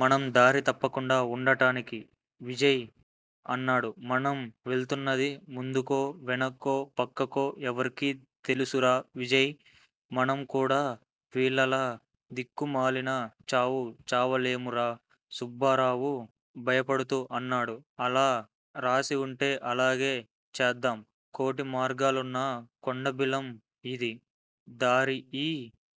మనం దారి తప్పకుండా ఉండటానికి విజయ్ అన్నాడు మనం వెళుతున్నది ముందుకో, వెనక్కో, పక్కకో ఎవరికీ తెలుసురా విజయ్! మనం కూడా వీల్లలా దిక్కుమాలిన చావు చావాలేమోరా సుబ్బారావు భయపడుతూ అన్నాడు. అలా రాశి వుంటే అలాగే చద్దాం. కోటిమార్గాలున్న కొండబిలం యిది. దారి ఈ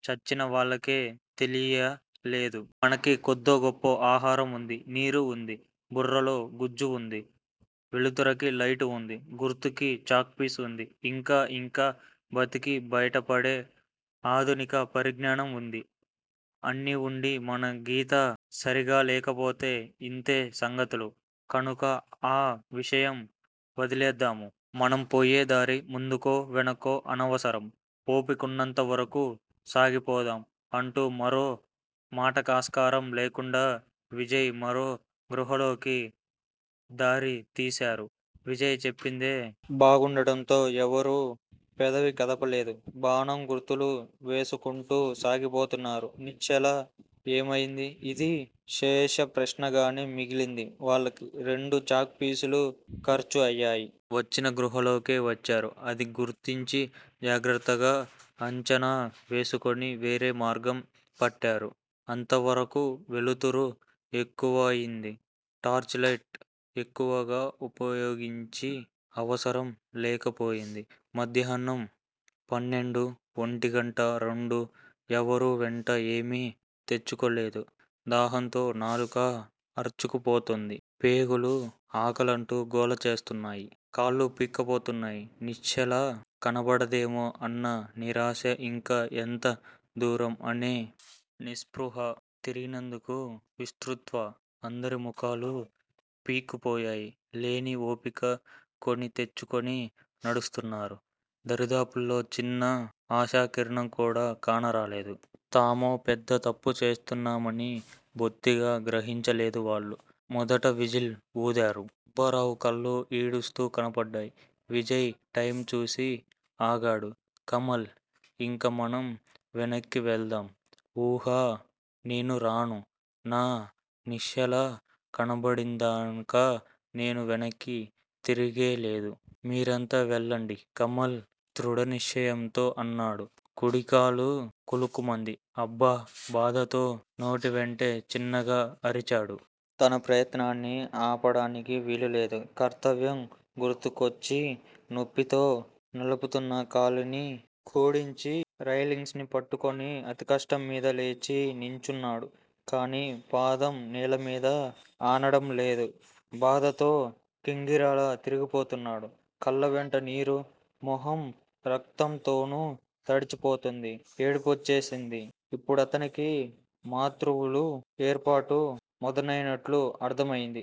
చచ్చినవాళ్ళకే తెలియలేదు. మనకి కొద్దో గొప్పో ఆహారం వుంది. నీరు వుంది. బుర్రలో గుజ్జువుంది. వేలుతురుకి లైటు వుంది. గుర్తుకి చాక్ పీసు వుంది. ఇంకా ఇంకా బతికి బయట పడే ఆదునిక పరిజ్ఞానం వుంది. ఇన్ని వుండి మన గీత సరీగలేకపోతె ఇంతే సంగతులు. కానుక ఆ విషయం వదిలేద్దాము. మనం పోయే దారి ముందుకో వెనక్కో అనవసరం, ఓపికున్నంతవరకూ సాగిపోదాం అంటూ మరో మాటకాస్కారం లేకుండా విజయ్ మరో గుహాలోకి దారితీశారు. విజయ్ చెప్పిందే బాగుండటంతో ఎవరూ పెదవి కదపలేదు. బాణం గుర్తులు వేసుకుంటూ సాగిపోతున్నారు. నిశ్చల ఏమయింది? ఇది శేషప్రశ్నగానే మిగిలింది వాళ్ళకి. రెండు చాక్ పీసులు ఖర్చు అయ్యాయి. వచ్చిన గుహలోకే వచ్చారు. అది గుర్తించి జాగ్రత్తగా అంచనా వేసుకుని వేరే మార్గం పట్టారు. అంతవరకూ వెలుతురు ఎక్కువయింది. టార్చిలైటు ఎక్కువుగా వుపయోగించే అవసరం లేక పోయింది. మధ్యాహ్నం పన్నెండు. వంటిగంట. రెండు. ఎవరూ వెంట ఏమీ తెచ్చుకోలేదు దాహంతో నాలుక అర్చుకుపోతున్నది. పేగులు ఆకలంటూ గోల చేస్తున్నాయి. కాళ్ళు పీక్కుపోతున్నాయి. నిశ్చల కనబడదేమో అన్న నిరాశ ఇంకా ఎంత దూరం అనే నిస్పృహా. తిరిగినందుకు విస్సత్తువ. అందరి ముఖాలు పీక్కుపోయాయి. లేని ఓపిక కొని తెచ్చుకుని నడుస్తున్నారు. దరిదాపుల్లో చిన్న ఆశాకిరణంకూడా కానరాలేదు. తామో పెద్ద తప్పు చేస్తున్నామని బొత్తిగా గ్రహించలేదు వాళ్ళు. మొదట విజిల్ వూదారు. సుబ్బారావు కళ్ళు ఈడుస్తూ నడుస్తున్నాడు. విజయ్ టైము చూసి ఆగాడు. కమల్! ఇంక మనం వెనక్కీ వెళదాం! ఊహూ నేనురాను. నా నిశ్చల కనబడిందాకా నేను వెనక్కీ తిరిగేలేదు. మీరంతా వెళ్ళండి కమల్ ధృడనిశ్చయంతో అన్నాడు. కుడికాలు కలుక్కుమంది. అబ్బా! బాధతో నోటివెంట చిన్నగా అరిచాడు. తన ప్రయత్నాన్ని ఆపడానికి వీలులేదు. కర్తవ్యం గుర్తుకొచ్చి నొప్పితో నలుపుతున్న కాలుని ఝాడించి రైలింగ్స్ ని పట్టుకుని అతికష్టంమీద లేచి నించున్నాడు. కానీ పాదం నేలమీద ఆనడంలేదు. బాధతో గింగిరాలు తిరిగిపోతున్నాడు. కళ్ళవెంట నీరు, మొహం రక్తంతోనూ తడిసిపోతోంది. ఏడుపొచ్చేసింది. ఇప్పుడతనికి మృత్యువుతో పోరాటం మొదలైనట్లు అర్ధమైంది.